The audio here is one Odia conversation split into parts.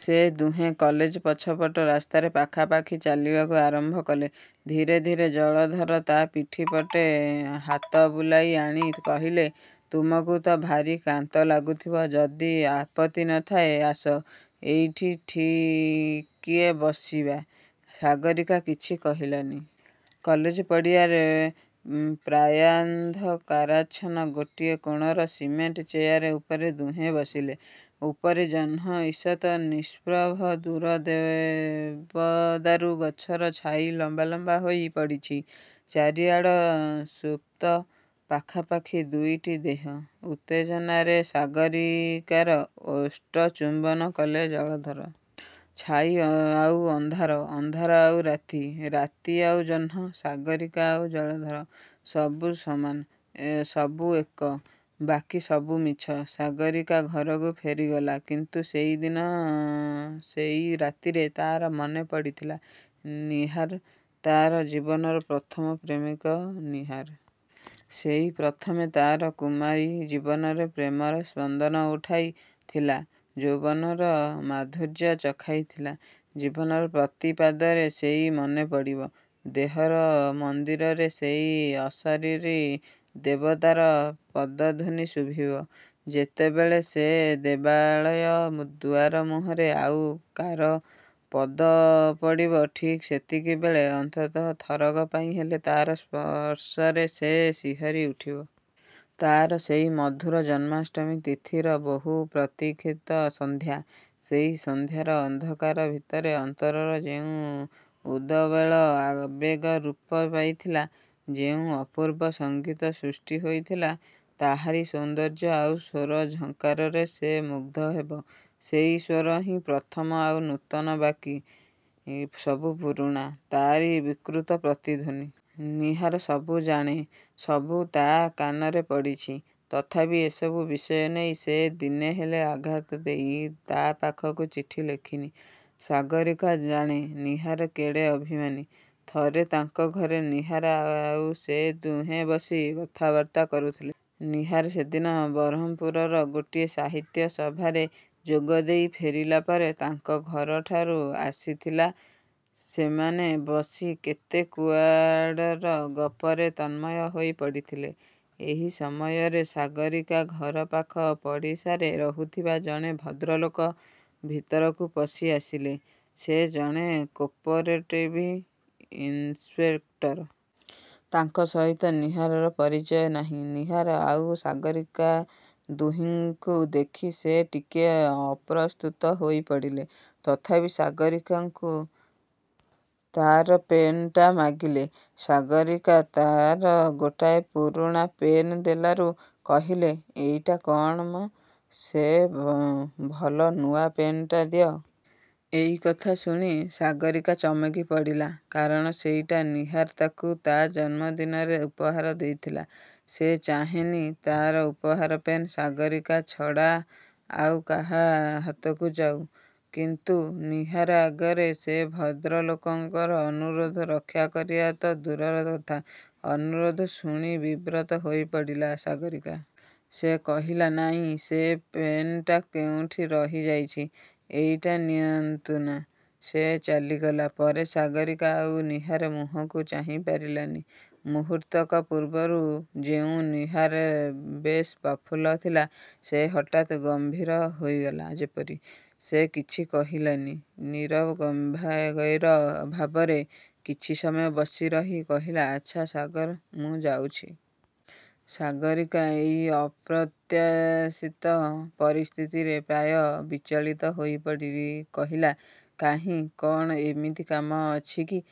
ସେ ଦୁହେଁ କଲେଜ ପଛ ପଟ ରାସ୍ତାରେ ପାଖା ପାଖି ଚାଲିବାକୁ ଆରମ୍ଭ କଲେ। ଧୀରେ ଧୀରେ ଜଳଧର ତା' ପିଠି ପଟେ ହାତ ବୁଲାଇ ଆଣି କହିଲେ-''ତୁମକୁ ତ ଭାରି କ୍ଳାନ୍ତ ଲାଗୁଥିବ-ଯଦି ଆପତ୍ତି ନଥାଏ ଆସ ଏଇଠି ଟିକିଏ ବସିବା। '' ସାଗରୀକା କିଛି କହିଲାନି। କଲେଜ ପଡ଼ିଆର ପ୍ରାୟାନ୍ଧକାରାଚ୍ଛନ୍ନ ଗୋଟିଏ କୋଣର ସିମେଣ୍ଟ ଚେୟାର ଉପରେ ଦୁହେଁ ବସିଲେ। ଉପରେ ଜହ୍ନ ଇଷତ୍ ନିଷ୍ପ୍ରଭ-ଦୂର ଦେବଦାରୁ ଗଛର ଛାଇ ଲମ୍ବା ଲମ୍ବା ହୋଇ ପଡ଼ିଛି। ଚାରିଆଡ଼ ସୁପ୍ତ। ପାଖା ପାଖି ଦୁଇଟି ଦେହ। ଉତ୍ତେଜନାରେ ସାଗରୀକାର ଓଷ୍ଠ ଚୁମ୍ବନ କଲେ ଜଳଧର। ଛାଇ ଆଉ ଅନ୍ଧାର। ଅନ୍ଧାର ଆଉ ରାତି। ରାତି ଆଉ ଜହ୍ନ। ସାଗରୀକା ଆଉ ଜଳଧର। ସବୁ ସମାନ; ସବୁ ଏକ। ବାକି ସବୁ ମିଛ। ସାଗରୀକା ଘରକୁ ଫେରିଗଲା। କିନ୍ତୁ ସେଇ ଦିନ ସେଇ ରାତିରେ ତା'ର ମନେପଡ଼ିଥିଲା ନୀହାର। ତା'ର ଜୀବନର ପ୍ରଥମ-ପ୍ରେମିକ ନୀହାର। ସେଇ ପ୍ରଥମେ ତା'ର କୁମାରୀ ଜୀବନରେ ପ୍ରେମର-ସ୍ପନ୍ଦନ ଉଠାଇ ଥିଲା-ଯୌବନର-ମାଧୁର୍ଯ୍ୟ ଚଖାଇ ଥିଲା। ଜୀବନର ପ୍ରତି ପାଦରେ ସେଇ ମନେପଡ଼ିବ। ଦେହର-ମନ୍ଦିରରେ ସେଇ ଅଶରୀରୀ ଦେବତାର ପଦଧ୍ୱନି ଶୁଭିବ। ଯେତେବେଳେ ସେ ଦେବାଳୟ ଦୁଆର ମୁହଁରେ ଆଉ କାର ପଦ ପଡ଼ିବ ଠିକ୍ ସେତିକିବେଳେ ଅନ୍ତତଃ ଥରକ ପାଇଁ ହେଲେ ତା'ର ସ୍ପର୍ଶରେ ସେ ଶିହରି ଉଠିବ। ତା'ର ସେଇ ମଧୁର ଜନ୍ମାଷ୍ଟମୀ ତିଥିର ବହୁ-ପ୍ରତୀକ୍ଷିତ ସନ୍ଧ୍ୟା। ସେଇ ସନ୍ଧ୍ୟାର ଅନ୍ଧକାର ଭିତରେ ଅନ୍ତରର ଯେଉଁ ଉଦବେଳ ଆବେଗ ରୂପ ପାଇଥିଲା; ଯେଉଁ ଅପୂର୍ବ ସଙ୍ଗୀତ ସୃଷ୍ଟି ହୋଇଥିଲା; ତାହାରି ସୌନ୍ଦର୍ଯ୍ୟ ଆଉ ସ୍ୱର ଝଙ୍କାରରେ ସେ ମୁଗ୍ଧ ହେବ। ସେଇ ସ୍ୱର ହିଁ ପ୍ରଥମ ଆଉ ନୂତନ-ବାକି ସବୁ ପୁରୁଣା-ତାରି ବିକୃତ ପ୍ରତିଧ୍ୱନି। ନୀହାର ସବୁ ଜାଣେ। ସବୁ ତା' କାନରେ ପଡ଼ିଛି। ତଥାପି ଏସବୁ ବିଷୟ ନେଇ; ସେ ଦିନେ ହେଲେ ଆଘାତ ଦେଇ, ତା' ପାଖକୁ ଚିଠି ଲେଖିନି। ସାଗରୀକା ଜାଣେ ନୀହାର କେଡ଼େ ଅଭିମାନୀ। ଥରେ ତାଙ୍କ ଘରେ ନୀହାର ଆଉ ସେ ଦୁହେଁ ବସି କଥାବାର୍ତ୍ତା କରୁଥିଲେ। ନୀହାର ସେଦିନ ବରହମପୁରର ଗୋଟିଏ ସାହିତ୍ୟ ସଭାରେ ଯୋଗଦେଇ ଫେରିଲା ପରେ ତାଙ୍କ ଘରଠାକୁ ଆସିଥିଲା। ସେମାନେ ବସି କେତେ କୁଆଡ଼ର ଗପରେ ତନ୍ମୟ ହୋଇ ପଡ଼ିଥିଲେ। ଏହି ସମୟରେ ସାଗରୀକା ଘର ପାଖ ପଡ଼ିଶାରେ ରହୁଥିବା ଜଣେ ଭଦ୍ରଲୋକ ଭିତରକୁ ପଶି ଆସିଲେ-। ସେ ଜଣେ କୋପରେଟିଭ ଇନ୍ସପେକ୍ଟର। ତାଙ୍କ ସହିତ ନୀହାରର ପରିଚୟ ନାହିଁ। ନୀହାର ଆଉ ସାଗରୀକା ଦୁହିଁଙ୍କୁ ଦେଖି ସେ ଟିକିଏ ଅପ୍ରସ୍ତୁତ ହୋଇ ପଡ଼ିଲେ ତଥାପି ସାଗରୀକାକୁ ତା'ର ପେନ୍ଟା ମାଗିଲେ। ସାଗରୀକା ତା'ର ଗୋଟାଏ ପୁରୁଣା। ପେନ୍ ଦେଲାରୁ କହିଲେ-''ଏଇଟା କ'ଣ ମ? ସେ ଭଲ ନୂଆ ପେନ୍ଟା ଦିଅ। '' ଏଇ କଥା ଶୁଣି ସାଗରୀକା ଚମକି ପଡ଼ିଲା। କାରଣ ସେଇଟା ନୀହାର ତାକୁ ତା' ଜନ୍ମଦିନରେ ଉପହାର ଦେଇଥିଲା। ସେ ଚାହେଁନି; ତା'ର ଉପହାର-ପେନ୍ ସାଗରୀକା ଛଡ଼ା ଆଉ କାହା ହାତକୁ ଯାଉ। କିନ୍ତୁ ନୀହାର ଆଗରେ ସେ ଭଦ୍ର ଲୋକଙ୍କର ଅନୁରୋଧ ରକ୍ଷା କରିବା ତ ଦୂରର କଥା; ଅନୁରୋଧ ଶୁଣି ବିବ୍ରତ ହୋଇପଡ଼ିଲା ସାଗରୀକା। ସେ କହିଲା-''ନାଇଁ-ସେ ପେନ୍ଟା କେଉଁଠି ରହି ଯାଇଛି; ଏଇଟା ନିଅନ୍ତୁନା। '' ସେ ଚାଲିଗଲା ପରେ ସାଗରୀକା ଆଉ ନୀହାର ମୁହଁକୁ ଚାହିଁପାରିଲାନି। ମୁହୂର୍ତ୍ତକ ପୂର୍ବରୁ ଯେଉଁ ନୀହାର ବେଶ୍ ପ୍ରଫୁଲ୍ଲ ଥିଲା; ସେ ହଠାତ୍ ଗମ୍ଭୀର ହୋଇଗଲା ଯେପରି। ସେ କିଛି କହିଲାନି। ନୀରବ ଗମ୍ଭୀର ଭାବରେ କିଛି ସମୟ ବସି ରହି କହିଲା-''ଆଚ୍ଛା ସାଗର-ମୁଁ ଯାଉଛି। '' ସାଗରୀକା ଏଇ ଅପ୍ରତ୍ୟାଶିତ ପରିସ୍ଥିତିରେ ପ୍ରାୟ ବିଚଳିତ ହୋଇପଡ଼ି କହିଲା-''କାହିଁ-କ'ଣ ଏମିତି କାମ ଅଛି କି?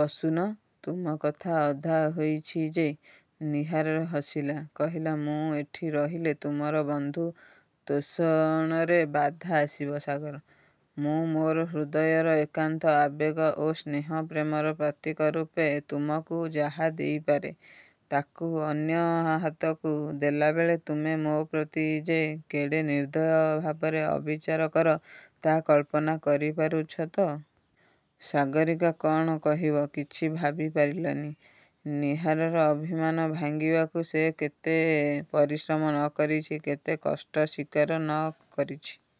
ବସୁନ-। ତୁମ କଥା ଅଧା ହୋଇଛି ଯେ। '' ନୀହାର ହସିଲା। କହିଲା-''ମୁଁ ଏଠି ରହିଲେ ତୁମର ବନ୍ଧୁ-ତୋଷଣରେ ବାଧା ଆସିବ ସାଗର। ମୁଁ ମୋର ହୃଦୟର ଏକାନ୍ତ ଆବେଗ ଓ ସ୍ନେହ ପ୍ରେମର ପ୍ରତୀକ ରୂପେ ତୁମକୁ ଯାହା ଦେଇପାରେ; ତାକୁ ଅନ୍ୟ ହାତକୁ ଦେଲାବେଳେ ତୁମେ ମୋ'ପ୍ରତି ଯେ କେଡ଼େ ନିର୍ବ୍ଦୟ ଭାବରେ ଅବିଚାର କର, ତା' କଳ୍ପନା କରିପାରୁଛ ତ? '' ସାଗରୀକା କ'ଣ କହିବ; କିଛି ଭାବିପାରିଲାନି। ନୀହାରର ଅଭିମାନ ଭାଙ୍ଗିବାକୁ ସେ କେତେ ପରିଶ୍ରମ ନ କରିଛି, କେତେ କଷ୍ଟ ସ୍ୱୀକାର ନ କରିଛି।